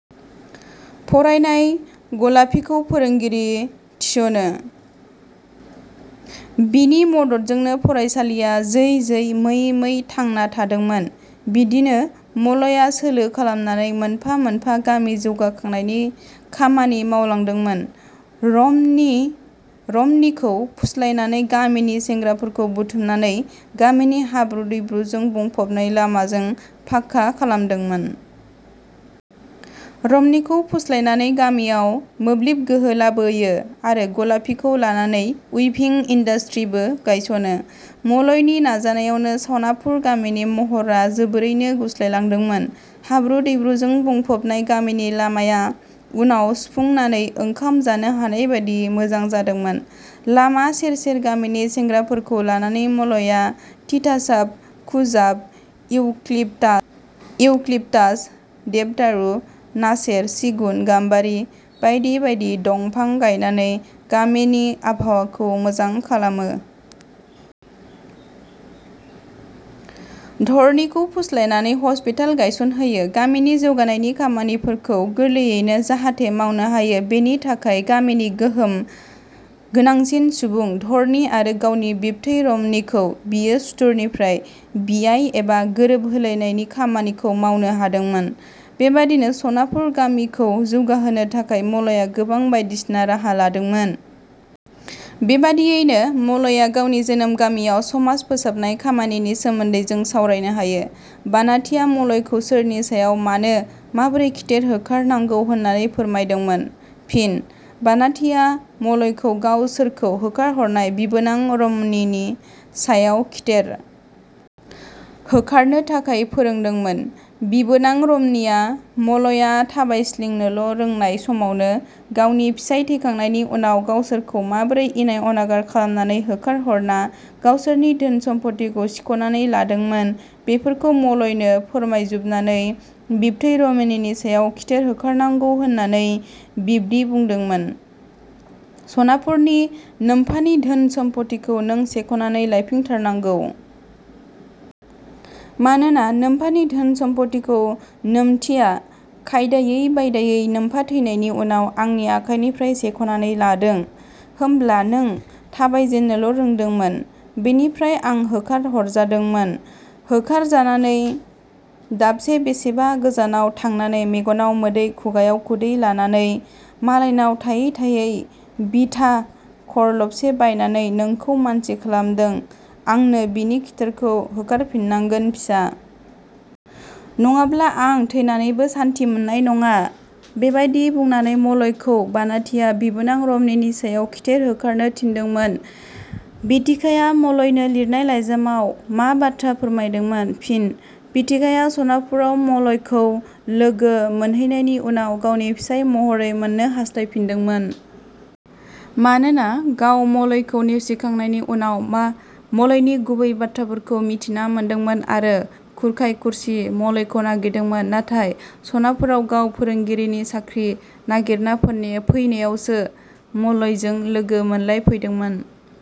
फरायनाय गलापीखौ फोरोंगिरि थिसनो। बिनि मददजोंनो फरायसालिया जै जै मै मै थांना थादोंमोन। बिदिनो मलया सोलो खालामनानै मोनफा मोनफा गामि जौगाखांनायनि खामानि मावलांदोंमोन। रमनि रमनिखौ फुस्लायनानै गामिनि सेंग्राफोरखौ बुथुमनानै गामिनि हाब्रु दैब्रुजों बुंफबनाय लामाजों पाका खालामदोंमोन। रमनिखौ फुस्लायनानै गामियाव मोब्लिब गोहो लाबोयो आरो गलापिखौ लानानै उइभिं इन्दास्ट्रिबो गायसनो। मलयनि नाजानायावनो सनापुर गामिनि महरा जोबोरैनो गुस्लायलांदोंमोन। हाब्रु दैब्रुजों बुंफबनाय गामिनि लामाया उनाव सुफुंनानै ओंखाम जानो हानायबादि मोजां जादोंमोन। लामा सेर सेर गामिनि सेंग्राफोरखौ लानानै मलया तितासाप, खुजाब, इउक्लिपता इउक्लिपतास, देबदारू, नासेर, सिगुन, गाम्बारि बायदि बायदि दमफां गायनानै गामिनि आबहावाखौ मोजां खालामो। धरनिखौ फुस्लायनानै हस्पिताल गायसनहोयो। गामिनि जौगानायनि खामानिफोरखौ गोरलैयैनो जाहाथे मावनो हायो बेनि थाखाय गामिनि गोहोम गोनांसिन सुबुं धरनि आरो गावनि बिबथै रमनिखौ बियो सुथुरनिफ्राय बियाय एबा गोरोबहोलायनायनि खामानिखौ मावनो हादोंमोन। बेबादिनो सनापुर गामिखौ जौगाहोनो थाखाय मलया गोबां बायदिसिना राहा लादोंमोन। बेबादियैनो मलया गावनि जोनोम गामियाव समाज फोसाबनाय खामानिनि सोमोन्दै जों सावरायनो हायो। बानाथिया मलयखौ सोरनि सायाव मानो माबोरै खिथेर होखार- नांगौ होननानै फोरमायदोंमोन? ' फिनः बानाथिया मलयखौ गावसोरखौ होखारहरनाय बिबोनां रमनिनि सायाव खिथेर होखारनो थाखाय फोरोंदोंमोन बिबोनां रमनिया मलया 'थाबायस्लिंनोल' रोंनाय समावनो गावनि फिसाइ थैखांनायनि उनाव गावसोरखौ माबोरै इनाय अनागार खालामनानै होखारहरना गावसोरनि धोन सम्फथिखौ सिखनानै लादोंमोन बेफोरखौ मलयनो फोरमायजुबनानै बिबथै रमनिनि सायाव खिथेर होखारनांगौ होननानै बिब्दि बुंदोंमोन- "सनापुरनि नोमफानि धोन सम्फथिखौ नों सेखनानै लायफिनथारनांगौ। मानोना नोम्फानि धोन सम्फथिखौ नोमथिया खायदायै बायदायै नोमफा थैनायनि उनाव आंनि आखाइनिफ्राय सेख'नानै लादों। होमब्ला नों थाबायजेननोल' रोंदोंमोन। बेनिफ्राय आं होखारहरजादोंमोन। होखारजानानै दाबसे बेसेबा गोजानाव थांनानै मेगनाव मोदै खुगायाव खुदै लानानै मालायनाव थायै थायै भिथा खरलबसे बायनानै नोंखौ मानसि खालामदों आंनो बिनि खिथेरखौ होखारफिननांगोन फिसा। नङाब्ला आं थैनानैबो सान्थि मोननाय नङा। " बेबादि बुंनानै मलयखौ बानाथिया बिबोनां रमनिनि सायाव खिथेर होखारनो थिनदोंमोन। बिथिकाया मलयनो लिरनाय लाइजामाव मा बाथ्रा फोरमाय- दोंमोन? फिन: बिथिकाया सनापुराव मलयखौ लोगो मोनहैनायनि उनाव गावनि फिसाइ महरै मोननो हास्थायफिनदोंमोन। मानोना गाव मलयखौ नेवसिखांनायनि उनाव मा मलयनि गुबै बाथ्राफोरखौ मिथिना मोनदोंमोन आरो खुरखाय खुरसि मलयखौ नागिरदोंमोन नाथाय सनापुराव गाव फोरोंगिरिनि साख्रि नागिरना फैनाय फैनायावसो मलयजों लोगो मोनलायफैदोंमोन।।